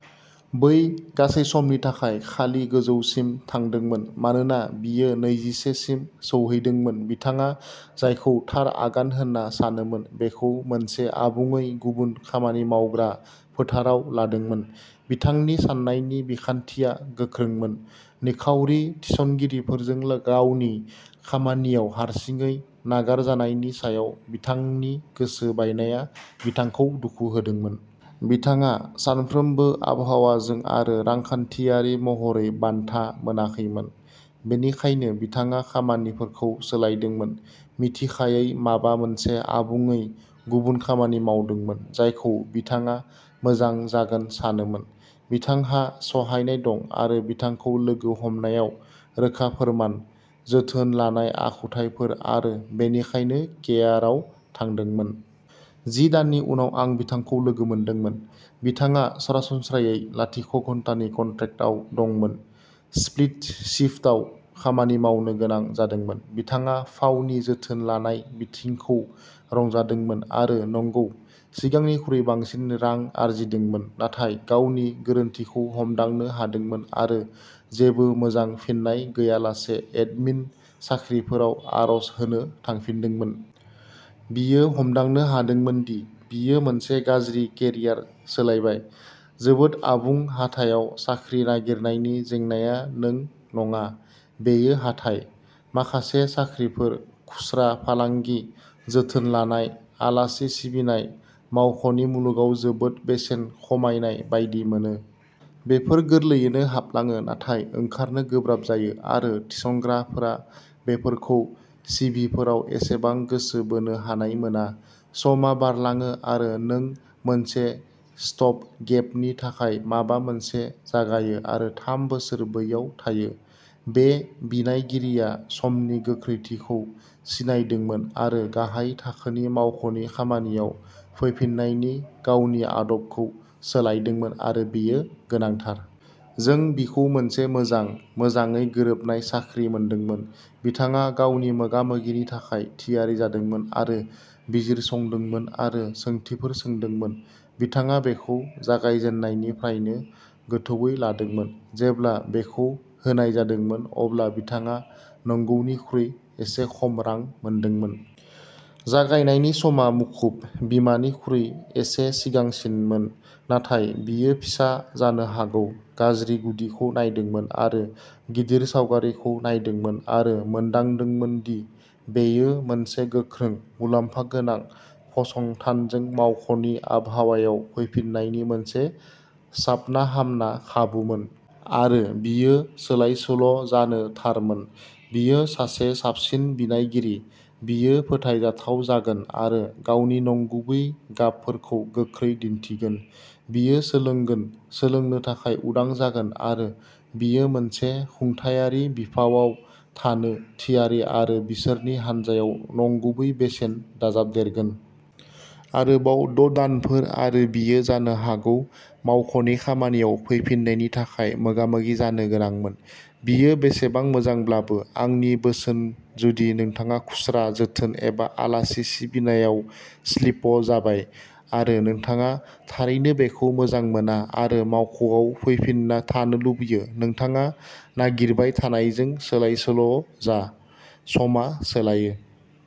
बै गासै समनि थाखाय खालि गोजौसिम थांदोंमोन मानोना बियो नैजिसे सिम सौहैदोंमोन बिथाङा जायखौ थार आगान होनना सानोमोन, बेखौ मोनसे आबुङै गुबुन खामानि मावग्रा फोथाराव लादोंमोन। बिथांनि साननायनि बिखान्थिया गोख्रोंमोन। निखावरि थिसनगिरिफोरजों ला गावनि खामानियाव हारसिङै नागारजानायनि सायाव बिथांनि गोसो बायनाया बिथांखौ दुखु होदोंमोन। बिथाङा सानफ्रोमबो आबहावाजों आरो रांखान्थियारि महरै बान्था मोनाखैमोन। बेनिखायनो बिथाङा खामानिफोरखौ सोलायदोंमोन। मिथिखायै माबा मोनसे आबुङै गुबुन खामानि मावदोंमोन जायखौ बिथाङा मोजां जागोन सानोमोन। बिथांहा सहायनाय दं आरो बिथांखौ लोगो हमनायाव, रोखा फोरमान, जोथोन लानाय आखुथायफोर आरो बेनिखायनो केयारआव थांदोंमोन। जि दाननि उनाव आं बिथांखौ लोगो मोनदोंमोन। बिथाङा सरासनस्रायै लाथिख घन्टानि कन्ट्रेक्टआव दंमोन, स्प्लिट शिफ्टआव खामानि मावनो गोनां जादोंमोन। बिथाङा फावनि जोथोन लानाय बिथिंखौ रंजादोंमोन आरो नंगौ, सिगांनिख्रुइ बांसिन रां आर्जिदोंमोन, नाथाय गावनि गोरोन्थिखौ हमदांनो हादोंमोन आरो जेबो मोजां फिननाय गैयालासे एडमिन साख्रिफोराव आर'ज होनो थांफिनदोंमोन। बियो हमदांनो हमदोंमोन दि बियो मोनसे गाज्रि केरियार सोलायबाय। जोबोद आबुं हाथायाव साख्रि नागिरनायनि जेंनाया नों नङा। बेयो हाथाइ। माखासे साख्रिफोर, खुस्रा फालांगि, जोथोन लानाय, आलासि सिबिनाय, मावख'नि मुलुगाव जोबोद बेसेन खमायनाय बायदि मोनो। बेफोर गोरलैयैनो हाबलाङो नाथाय ओंखारनो गोब्राब जायो आरो थिसनग्राफोरा बेफोरखौ सिभिफोराव एसेबां गोसो बोनो हानाय मोना। समआ बारलाङो आरो नों मोनसे'स्टप-गेप'नि थाखाय माबा मोनसे जागायो आरो थाम बोसोर बैयाव थायो। बे बिनायगिरिया समनि गोख्रैथिखौ सिनायदोंमोन आरो गाहाय थाखोनि मावख'नि खामानियाव फैफिन्नायनि गावनि आदबखौ सोलायदोंमोन आरो बेयो गोनांथार। जों बिखौ मोनसे मोजां, मोजाङै गोरोबनाय साख्रि मोनदोंमोन। बिथाङा गावनि मोगा-मोगिनि थाखाय थियारि जादोंमोन आरो बिजिरसंदोंमोन आरो सोंथिफोर सोंदोंमोन। बिथाङा बेखौ जागायजेन्नायनिफ्रायनो गोथौवै लादोंमोन। जेब्ला बेखौ होनाय जादोंमोन अब्ला बिथाङा नोंगौनिख्रुइ एसे खम रां मोनदोंमोन। जागायनायनि समा मुखुब बिमा निख्रुइ एसे सिगांसिनमोन, नाथाय बियो फिसा, जानो हागौ गाज्रि गुदिखौ नायदोंमोन आरो गिदिर सावगारिखौ नायदोंमोन आरो मोनदांदोंमोन दि बेयो मोनसे गोख्रों, मुलाम्फा गोनां फसंथानजों मावख'नि आबहावायाव फैफिन्नायनि मोनसे साबनाहामना खाबुमोन। आरो बियो सोलायसोल'जानो थारमोन। बियो सासे साबसिन बिनायगिरि। बियो फोथायजाथाव जागोन आरो गावनि नंगुबै गाबफोरखौ गोख्रै दिन्थिगोन। बियो सोलोंगोन, सोलोंनो थाखाय उदां जागोन आरो बियो मोनसे खुंथायारि बिफावआव थानो थियारि आरो बिसोरनि हानजायाव नंगुबै बेसेन दाजाबदेरगोन। आरोबाव द' दानफोर आरो बियो जानो हागौ मावख'नि खामानियाव फैफिन्नायनि थाखाय मोगामोगि जानो गोनांमोन। बियो बेसेबां मोजांब्लाबो। आंनि बोसोन जुदि नोंथाङा खुस्रा, जोथोन एबा आलासि सिबिनायाव स्लिप'जाबाय आरो नोंथाङा थारैनो बेखौ मोजां मोना आरो मावख'आव फैफिन्ना थानो लुबैयो नोंथाङा नागिरबाय थानायजों सोलायसोल' जा। समआ सोलायो।